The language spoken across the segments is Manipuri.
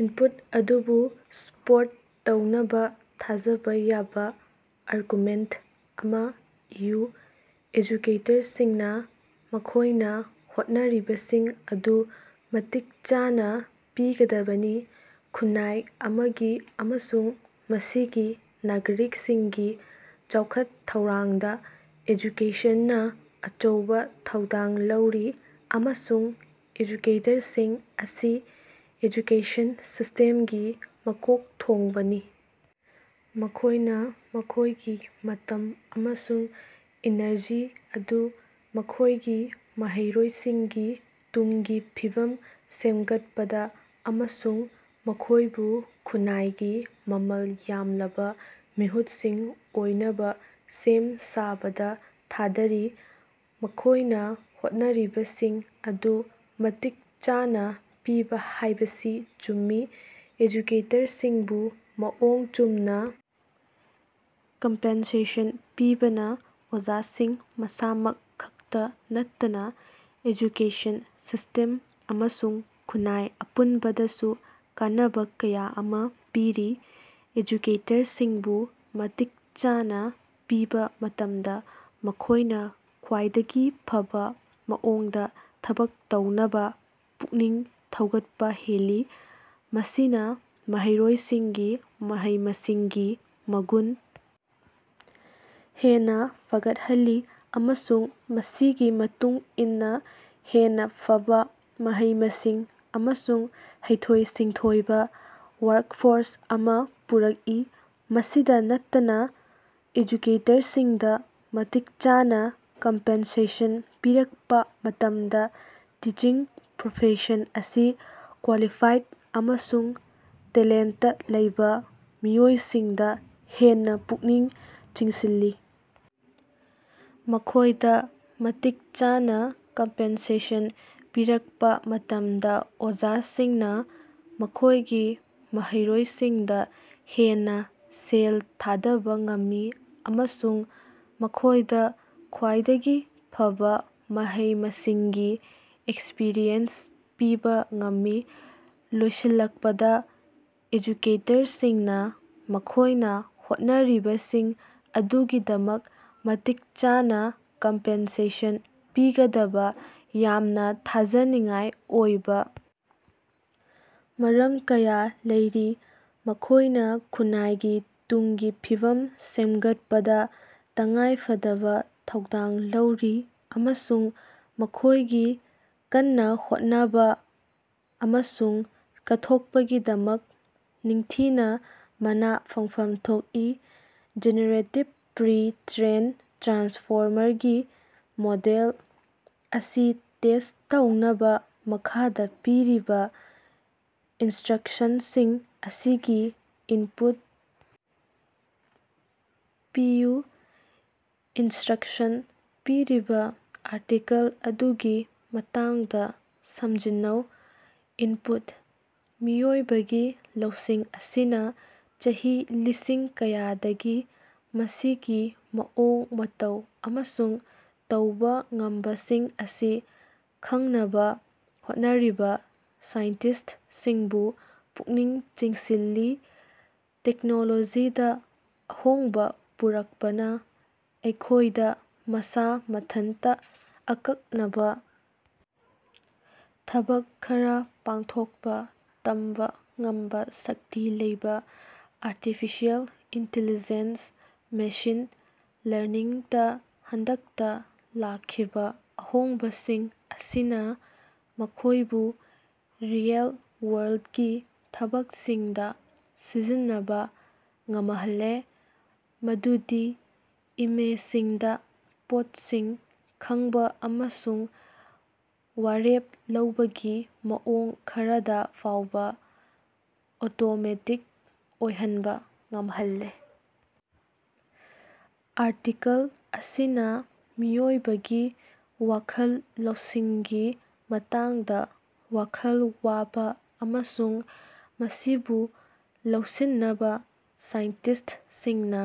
ꯏꯟꯄꯨꯠ ꯑꯗꯨꯕꯨ ꯁꯄꯣꯔꯠ ꯇꯧꯅꯕ ꯊꯥꯖꯕ ꯌꯥꯕ ꯑꯥꯔꯒꯨꯃꯦꯟꯇ ꯑꯃ ꯏꯌꯨ꯫ ꯑꯦꯖꯨꯀꯦꯇꯔꯁꯤꯡꯅ ꯃꯈꯣꯏꯅ ꯍꯣꯠꯅꯔꯤꯕꯁꯤꯡ ꯑꯗꯨ ꯃꯇꯤꯛ ꯆꯥꯅ ꯄꯤꯒꯗꯕꯅꯤ꯫ ꯈꯨꯟꯅꯥꯏ ꯑꯃꯒꯤ ꯑꯃꯁꯨꯡ ꯃꯁꯤꯒꯤ ꯅꯥꯒꯔꯤꯛꯁꯤꯡꯒꯤ ꯆꯥꯎꯈꯠ-ꯊꯧꯔꯥꯡꯗ ꯑꯦꯖꯨꯀꯦꯁꯟꯅ ꯑꯆꯧꯕ ꯊꯧꯗꯥꯡ ꯂꯧꯔꯤ, ꯑꯃꯁꯨꯡ ꯑꯦꯖꯨꯀꯦꯇꯔꯁꯤꯡ ꯑꯁꯤ ꯑꯦꯖꯨꯀꯦꯁꯟ ꯁꯤꯁꯇꯦꯝꯒꯤ ꯃꯀꯣꯛ ꯊꯣꯡꯕꯅꯤ꯫ ꯃꯈꯣꯏꯅ ꯃꯈꯣꯏꯒꯤ ꯃꯇꯝ ꯑꯃꯁꯨꯡ ꯏꯅꯔꯖꯤ ꯑꯗꯨ ꯃꯈꯣꯏꯒꯤ ꯃꯍꯩꯔꯣꯏꯁꯤꯡꯒꯤ ꯇꯨꯡꯒꯤ ꯐꯤꯕꯝ ꯁꯦꯝꯒꯠꯄꯗ ꯑꯃꯁꯨꯡ ꯃꯈꯣꯏꯕꯨ ꯈꯨꯟꯅꯥꯏꯒꯤ ꯃꯃꯜ ꯌꯥꯝꯂꯕ ꯃꯤꯍꯨꯠꯁꯤꯡ ꯑꯣꯏꯅꯕ ꯁꯦꯝ ꯁꯥꯕꯗ ꯊꯥꯗꯔꯤ꯫ ꯃꯈꯣꯏꯅ ꯍꯣꯠꯅꯔꯤꯕꯁꯤꯡ ꯑꯗꯨ ꯃꯇꯤꯛ ꯆꯥꯅ ꯄꯤꯕ ꯍꯥꯏꯕꯁꯤ ꯆꯨꯝꯃꯤ ꯫ ꯑꯦꯖꯨꯀꯦꯇꯔꯁꯤꯡꯕꯨ ꯃꯑꯣꯡ ꯆꯨꯝꯅ ꯀꯝꯄꯦꯟꯁꯦꯁꯟ ꯄꯤꯕꯅ ꯑꯣꯖꯥꯁꯤꯡ ꯃꯁꯥꯃꯛ ꯈꯛꯇꯥ ꯅꯠꯇꯅ ꯑꯦꯖꯨꯀꯦꯁꯟ ꯁꯤꯁꯇꯦꯝ ꯑꯃꯁꯨꯡ ꯈꯨꯟꯅꯥꯏ ꯑꯄꯨꯟꯕꯗꯁꯨ ꯀꯥꯟꯅꯕ ꯀꯌꯥ ꯑꯃ ꯄꯤꯔꯤ꯫ ꯑꯦꯖꯨꯀꯦꯇꯔꯁꯤꯡꯕꯨ ꯃꯇꯤꯛ ꯆꯥꯅ ꯄꯤꯕ ꯃꯇꯝꯗ ꯃꯈꯣꯏꯅ ꯈ꯭ꯋꯥꯏꯗꯒꯤ ꯐꯕꯥ ꯃꯑꯣꯡꯗ ꯊꯕꯛ ꯇꯧꯅꯕ ꯄꯨꯛꯅꯤꯡ ꯊꯧꯒꯠꯄ ꯍꯦꯜꯂꯤ꯫ ꯃꯁꯤꯅ ꯃꯍꯩꯔꯣꯏꯁꯤꯡꯒꯤ ꯃꯍꯩ-ꯃꯁꯤꯡꯒꯤ ꯃꯒꯨꯟ ꯍꯦꯟꯅ ꯐꯒꯠꯍꯜꯂꯤ, ꯑꯃꯁꯨꯡ ꯃꯁꯤꯒꯤ ꯃꯇꯨꯡ ꯏꯟꯅ ꯍꯦꯟꯅ ꯐꯕꯥ ꯃꯍꯩ-ꯃꯁꯤꯡ ꯑꯃꯁꯨꯡ ꯍꯩꯊꯣꯏ-ꯁꯤꯡꯊꯣꯏꯕ ꯋꯥꯔꯛꯐꯣꯔꯁ ꯑꯃ ꯄꯨꯔꯛꯏ꯫ ꯃꯁꯤꯗ ꯅꯠꯇꯅ ꯑꯦꯖꯨꯀꯦꯇꯔꯁꯤꯡꯗ ꯃꯇꯤꯛ ꯆꯥꯅ ꯀꯝꯄꯦꯟꯁꯦꯁꯟ ꯄꯤꯔꯛꯄ ꯃꯇꯝꯗ ꯇꯤꯆꯤꯡ ꯄ꯭ꯔꯣꯐꯦꯁꯟ ꯑꯁꯤ ꯀ꯭ꯋꯥꯂꯤꯐꯥꯏꯗ ꯑꯃꯁꯨꯡ ꯇꯦꯂꯦꯟꯇꯥ ꯂꯩꯕ ꯃꯤꯑꯣꯏꯁꯤꯡꯗ ꯍꯦꯟꯅ ꯄꯨꯛꯅꯤꯡ ꯆꯤꯡꯁꯤꯜꯂꯤ꯫ ꯃꯈꯣꯏꯗ ꯃꯇꯤꯛ ꯆꯥꯅ ꯀꯝꯄꯦꯟꯁꯦꯁꯟ ꯄꯤꯔꯛꯄ ꯃꯇꯝꯗ ꯑꯣꯖꯥꯁꯤꯡꯅ ꯃꯈꯣꯏꯒꯤ ꯃꯍꯩꯔꯣꯏꯁꯤꯡꯗ ꯍꯦꯟꯅ ꯁꯦꯜ ꯊꯥꯗꯕ ꯉꯝꯃꯤ ꯑꯃꯁꯨꯡ ꯃꯈꯣꯏꯗ ꯈ꯭ꯋꯥꯏꯗꯒꯤ ꯐꯕꯥ ꯃꯍꯩ-ꯃꯁꯤꯡꯒꯤ ꯑꯦꯛꯁꯄꯤꯔꯤꯌꯦꯟꯁ ꯄꯤꯕ ꯉꯝꯃꯤ꯫ ꯂꯣꯏꯁꯤꯜꯂꯛꯄꯗ, ꯑꯦꯖꯨꯀꯦꯇꯔꯁꯤꯡꯅ ꯃꯈꯣꯏꯅ ꯍꯣꯠꯅꯔꯤꯕꯁꯤꯡ ꯑꯗꯨꯒꯤꯗꯃꯛ ꯃꯇꯤꯛ ꯆꯥꯅ ꯀꯝꯄꯦꯟꯁꯦꯁꯟ ꯄꯤꯒꯗꯕ ꯌꯥꯝꯅ ꯊꯥꯖꯅꯤꯡꯉꯥꯏ ꯑꯣꯏꯕ ꯃꯔꯝ ꯀꯌꯥ ꯂꯩꯔꯤ꯫ ꯃꯈꯣꯏꯅ ꯈꯨꯟꯅꯥꯏꯒꯤ ꯇꯨꯡꯒꯤ ꯐꯤꯕꯝ ꯁꯦꯝꯒꯠꯄꯗ ꯇꯉꯥꯏꯐꯗꯕ ꯊꯧꯗꯥꯡ ꯂꯧꯔꯤ ꯑꯃꯁꯨꯡ ꯃꯈꯣꯏꯒꯤ ꯀꯟꯅꯥ ꯍꯣꯠꯅꯕ ꯑꯃꯁꯨꯡ ꯀꯠꯊꯣꯛꯄꯒꯤꯗꯃꯛ ꯅꯤꯡꯊꯤꯅ ꯃꯥꯅ ꯐꯪꯐꯝ ꯊꯣꯛꯏ꯫ ꯖꯦꯅꯦꯔꯦꯇꯤꯚ ꯄ꯭ꯔꯤ-ꯇ꯭ꯔꯦꯟ ꯇ꯭ꯔꯥꯟꯁꯐꯣꯃꯔꯒꯤ ꯃꯣꯗꯦꯜ ꯑꯁꯤ ꯇꯦꯁ ꯇꯧꯅꯕ ꯃꯈꯥꯗ ꯄꯤꯔꯤꯕ ꯏꯟꯁꯇ꯭ꯔꯛꯁꯟꯁꯤꯡ ꯑꯁꯤꯒꯤ ꯏꯟꯄꯨꯠ ꯄꯤꯌꯨ꯫ ꯏꯟꯁꯇ꯭ꯔꯛꯁꯟ: ꯄꯤꯔꯤꯕ ꯑꯥꯔꯇꯤꯀꯜ ꯑꯗꯨꯒꯤ ꯃꯇꯥꯡꯗ ꯁꯝꯖꯤꯟꯅꯧ꯫ ꯏꯟꯄꯨꯠ: ꯃꯤꯑꯣꯏꯕꯒꯤ ꯂꯧꯁꯤꯡ ꯑꯁꯤꯅ ꯆꯍꯤ ꯂꯤꯁꯤꯡ ꯀꯌꯥꯗꯒꯤ ꯃꯁꯤꯒꯤ ꯃꯑꯣꯡ ꯃꯇꯧ ꯑꯃꯁꯨꯡ ꯇꯧꯕ ꯉꯝꯕꯁꯤꯡ ꯑꯁꯤ ꯈꯪꯅꯕ ꯍꯣꯠꯅꯔꯤꯕ ꯁꯥꯏꯟꯇꯤꯁꯠꯁꯤꯡꯕꯨ ꯄꯨꯛꯅꯤꯡ ꯆꯤꯡꯁꯤꯜꯂꯤ꯫ ꯇꯦꯛꯅꯣꯂꯣꯖꯤꯗ ꯑꯍꯣꯡꯕ ꯄꯨꯔꯛꯄꯅ ꯑꯩꯈꯣꯏꯗ ꯃꯁꯥ ꯃꯊꯟꯇ ꯑꯀꯛꯅꯕ ꯊꯕꯛ ꯈꯔ ꯄꯥꯡꯊꯣꯛꯄ ꯇꯝꯕ ꯉꯝꯕ ꯁꯛꯇꯤ ꯂꯩꯕ ꯑꯥꯔꯇꯤꯐꯤꯁꯤꯌꯦꯜ ꯏꯟꯇꯤꯂꯤꯖꯦꯟꯁ ꯃꯦꯁꯤꯟ ꯂꯔꯅꯤꯡꯗ ꯍꯟꯗꯛꯇ ꯂꯥꯛꯈꯤꯕ ꯑꯍꯣꯡꯕꯁꯤꯡ ꯑꯁꯤꯅ ꯃꯈꯣꯏꯕꯨ ꯔꯤꯑꯦꯜ-ꯋꯥꯔꯜꯗꯒꯤ ꯊꯕꯛꯁꯤꯡꯗ ꯁꯤꯖꯤꯟꯅꯕ ꯉꯃꯍꯜꯂꯦ, ꯃꯗꯨꯗꯤ ꯏꯃꯦꯖꯁꯤꯡꯗ ꯄꯣꯠꯁꯤꯡ ꯈꯪꯕ ꯑꯃꯁꯨꯡ ꯋꯥꯔꯦꯞ ꯂꯧꯕꯒꯤ ꯃꯑꯣꯡ ꯈꯔꯗ ꯐꯥꯎꯕ ꯑꯣꯇꯣꯃꯦꯇꯤꯛ ꯑꯣꯏꯍꯟꯕ ꯉꯝꯍꯜꯂꯦ꯫ ꯑꯥꯔꯇꯤꯀꯜ ꯑꯁꯤꯅ ꯃꯤꯑꯣꯏꯕꯒꯤ ꯋꯈꯜ ꯂꯧꯁꯤꯡꯒꯤ ꯃꯇꯥꯡꯗ ꯋꯈꯜ ꯋꯥꯕ ꯑꯃꯁꯨꯡ ꯃꯁꯤꯕꯨ ꯂꯧꯁꯤꯟꯅꯕ ꯁꯥꯏꯟꯇꯤꯁꯠꯁꯤꯡꯅ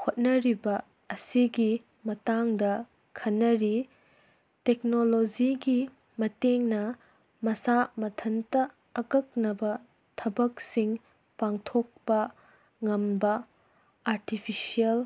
ꯍꯣꯠꯅꯔꯤꯕ ꯑꯁꯤꯒꯤ ꯃꯇꯥꯡꯗ ꯈꯟꯅꯔꯤ꯫ ꯇꯦꯛꯅꯣꯂꯣꯖꯤꯒꯤ ꯃꯇꯦꯡꯅ ꯃꯁꯥ ꯃꯊꯟꯇ ꯑꯀꯛꯅꯕ ꯊꯕꯛꯁꯤꯡ ꯄꯥꯡꯊꯣꯀꯄꯥ ꯉꯝꯕꯥ ꯑꯥꯔꯇꯤꯐꯤꯁꯤꯌꯦꯜ꯫